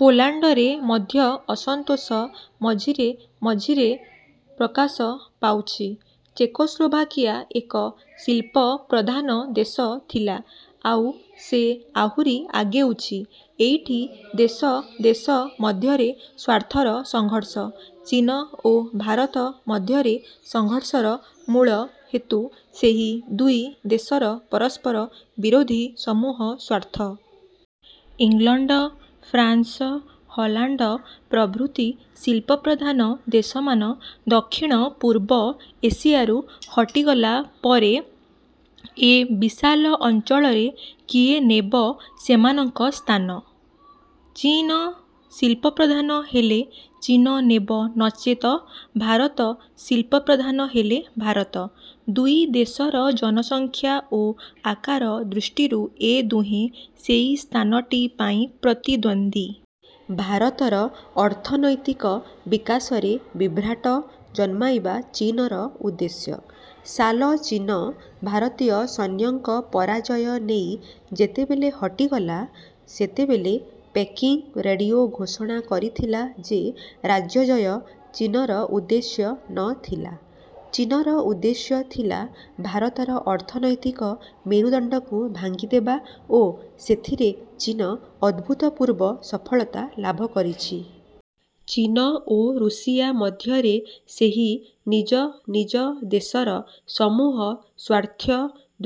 ପୋଲାଣ୍ଡରେ ମଧ୍ୟ ଅସନ୍ତୋଷ ମଝିରେ ମଝିରେ ପ୍ରକାଶ ପାଉଛି। ଚେକୋସ୍ଲୋଭାକିଆ ଏକ ଶିଳ୍ପ ପ୍ରଧାନ ଦେଶ ଥିଲା। ଆଉ ସେ ଆହୁରି ଆଗେଉଛି। ଏଇଠି ଦେଶ ଦେଶ ମଧ୍ୟରେ ସ୍ୱାର୍ଥର ସଂଘର୍ଷ। ଚୀନ ଓ ଭାରତ ମଧ୍ୟରେ ସଂଘର୍ଷର ମୂଳ ହେତୁ ସେହି ଦୁଇ ଦେଶର ପରସ୍ପର ବିରୋଧୀ ସମୂହ ସ୍ୱାର୍ଥ। ଇଂଲଣ୍ଡ, ଫ୍ରାନ୍ସ, ହଲାଣ୍ଡ ପ୍ରଭୃତି ଶିଳ୍ପପ୍ରଧାନ ଦେଶମାନ ଦକ୍ଷିଣ ପୂର୍ବ ଏସିଆରୁ ହଟିଗଲା ପରେ ଏ ବିଶାଳ ଅଞ୍ଚଳରେ କିଏ ନେବ ସେମାନଙ୍କ ସ୍ଥାନ। ଚୀନ ଶିଳ୍ପପ୍ରଧାନ ହେଲେ ଚୀନ ନେବ ନଚେତ ଭାରତ ଶିଳ୍ପପ୍ରଧାନ ହେଲେ ଭାରତ। ଦୁଇ ଦେଶର ଜନସଂଖ୍ୟା ଓ ଆକାର ଦୃଷ୍ଟିରୁ ଏ ଦୁହେଁ ସେହି ସ୍ଥାନଟି ପାଇଁ ପ୍ରତିଦ୍ୱନ୍ଦ୍ୱୀ। ଭାରତର ଅର୍ଥନୈତିକ ବିକାଶରେ ବିଭ୍ରାଟ ଜନ୍ମାଇବା ଚୀନର ଉଦ୍ଦେଶ୍ୟ। ସାଲ ଚୀନ ଭାରତୀୟ ସୈନ୍ୟଙ୍କ ପରାଜୟ ନେଇ ଯେତେବେଳେ ହଟିଗଲା, ସେତେବେଳେ ପେକିଙ୍ଗ୍ ରେଡ଼ିଓ ଘୋଷଣା କରିଥିଲା ଯେ ରାଜ୍ୟଜୟ ଚୀନର ଉଦ୍ଦେଶ୍ୟ ନ ଥିଲା। ଚୀନର ଉଦ୍ଦେଶ୍ୟ ଥିଲା ଭାରତର ଅର୍ଥନୈତିକ ମେରୁଦଣ୍ଡକୁ ଭାଙ୍ଗିଦେବା ଓ ସେଥିରେ ଚୀନ ଅଭୁତପୂର୍ବ ସଫଳତା ଲାଭକରିଛି। ଚୀନ ଓ ରୁଷିଆ ମଧ୍ୟରେ ସେହି ନିଜ ନିଜ ଦେଶର ସମୂହ ସ୍ୱାର୍ଥ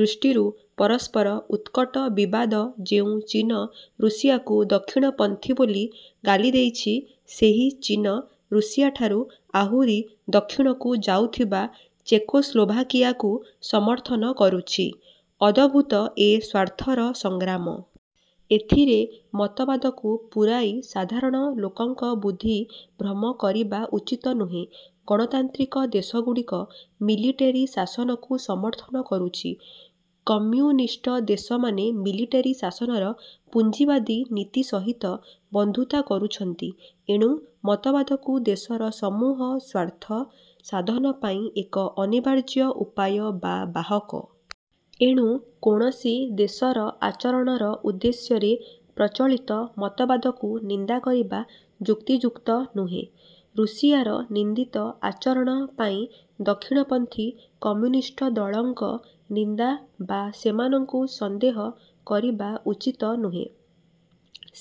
ଦୃଷ୍ଟିରୁ ପରସ୍ପର ଉତ୍କଟ ବିବାଦ ଯେଉଁ ଚୀନ ରୁଷିଆକୁ ଦକ୍ଷିଣପନ୍ଥୀ ବୋଲି ଗାଳିଦେଇଛି, ସେହି ଚୀନ ରୁଷିଆଠାରୁ ଆହୁରି ଦକ୍ଷିଣକୁ ଯାଉଥିବା ଚେକୋସ୍ଲୋଭାକିଆକୁ ସମର୍ଥନ କରୁଛି। ଅଦଭୁତ ଏ ସ୍ୱାର୍ଥର ସଂଗ୍ରାମ। ଏଥିରେ ମତବାଦକୁ ପୂରାଇ ସାଧାରଣ ଲୋକଙ୍କ ବୁଦ୍ଧି ଭ୍ରମ କରିବା ଉଚିତ ନୁହେଁ। ଗଣତାନ୍ତ୍ରିକ ଦେଶଗୁଡ଼ିକ ମିଲିଟେରୀ ଶାସନକୁ ସମର୍ଥନ କରୁଛି। କମ୍ୟୁନିଷ୍ଟ ଦେଶମାନେ ମିଲିଟେରୀ ଶାସନର ପୁଞ୍ଜିବାଦୀ ନୀତି ସହିତ ବନ୍ଧୁତା କରୁଛନ୍ତି। ଏଣୁ ମତବାଦକୁ ଦେଶର ସମୂହ ସ୍ୱାର୍ଥ ସାଧନପାଇଁ ଏକ ଅନିବାର୍ଯ୍ୟ ଉପାୟ ବା ବାହକ। ଏଣୁ କୌଣସି ଦେଶର ଆଚରଣର ଉଦ୍ଦେଶ୍ୟରେ ପ୍ରଚଳିତ ମତବାଦକୁ ନିନ୍ଦାକରିବା ଯୁକ୍ତିଯୁକ୍ତ ନୁହେଁ। ରୁଷିଆର ନିନ୍ଦିତ ଆଚରଣ ପାଇଁ ଦକ୍ଷିଣପନ୍ଥୀ କମ୍ୟୁନିଷ୍ଟ ଦଳଙ୍କ ନିନ୍ଦା ବା ସେମାନଙ୍କୁ ସନ୍ଦେହ କରିବା ଉଚିତ ନୁହେଁ।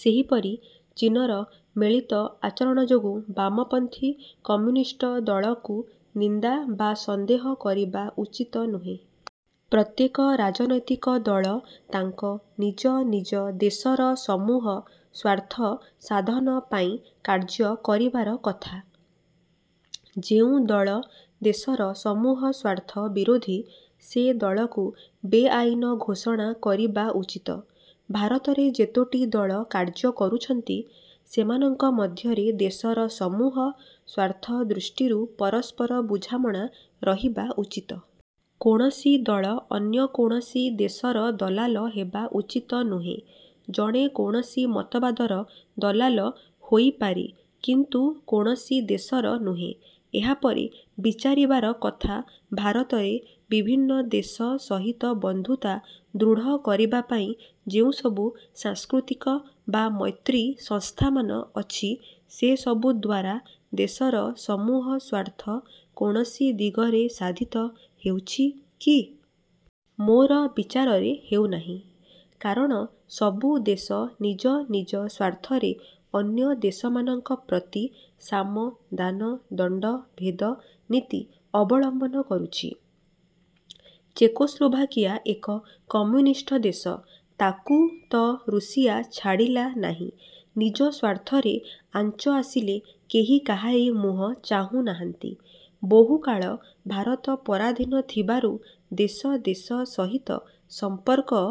ସେହିପରି ଚୀନର ମିଳିତ ଆଚରଣଯୋଗୁଁ ବାମପନ୍ଥୀ କମ୍ୟୁନିଷ୍ଟ ଦଳକୁ ନିନ୍ଦା ବା ସନ୍ଦେହ କରିବା ଉଚିତ ନୁହେଁ। ପ୍ରତ୍ୟେକ ରାଜନୈତିକ ଦଳ ତାଙ୍କ ନିଜ ନିଜ ଦେଶର ସମୂହ ସ୍ୱାର୍ଥ ସାଧନ ପାଇଁ କାର୍ଯ୍ୟ କରିବାର କଥା। ଯେଉଁ ଦଳ ଦେଶର ସମୂହ ସ୍ୱାର୍ଥ ବିରୋଧୀ, ସେ ଦଳକୁ ବେଆଇନ ଘୋଷଣା କରିବା ଉଚିତ। ଭାରତରେ ଯେତୋଟି ଦଳ କାର୍ଯ୍ୟ କରୁଛନ୍ତି, ସେମାନଙ୍କ ମଧ୍ୟରେ ଦେଶର ସମୂହ ସ୍ୱାର୍ଥ ଦୃଷ୍ଟିରୁ ପରସ୍ପର ବୁଝାମଣା ରହିବା ଉଚିତ। କୌଣସି ଦଳ ଅନ୍ୟ କୌଣସି ଦେଶର ଦଲାଲ ହେବା ଉଚିତ ନୁହେଁ। ଜଣେ କୌଣସି ମତବାଦର ଦଲାଲ ହୋଇପାରେ, କିନ୍ତୁ କୌଣସି ଦେଶର ନୁହେଁ। ଏହାପରେ ବିଚାରିବାର କଥା ଭାରତରେ ବିଭିନ୍ନ ଦେଶ ସହିତ ବନ୍ଧୁତା ଦୃଢ଼ କରିବାପାଇଁ ଯେଉଁସବୁ ସାଂସ୍କୃତିକ ବା ମୈତ୍ରୀ ସଂସ୍ଥାମାନ ଅଛି, ସେସବୁଦ୍ୱାରା ଦେଶର ସମୂହ ସ୍ୱାର୍ଥ କୌଣସି ଦିଗରେ ସାଧିତ ହେଉଛି କି? ମୋର ବିଚାରରେ ହେଉନାହିଁ। କାରଣ ସବୁ ଦେଶ ନିଜ ନିଜ ସ୍ୱାର୍ଥରେ ଅନ୍ୟ ଦେଶମାନଙ୍କ ପ୍ରତି ସାମ, ଦାନ, ଦଣ୍ଡ, ଭେଦ ନୀତି ଅବଲମ୍ବନ କରୁଛି। ଚେକୋସ୍ଲୋଭାକିଆ ଏକ କମ୍ୟୁନିଷ୍ଟ ଦେଶ। ତାକୁ ତ ରୁଷିଆ ଛାଡ଼ିଲା ନାହିଁ। ନିଜ ସ୍ୱାର୍ଥରେ ଆଞ୍ଚ ଆସିଲେ କେହି କାହାରି ମୁହଁ ଚାହୁଁନାହାନ୍ତି। ବହୁକାଳ ଭାରତ ପରାଧୀନ ଥିବାରୁ ଦେଶ ଦେଶ ସହିତ ସମ୍ପର୍କ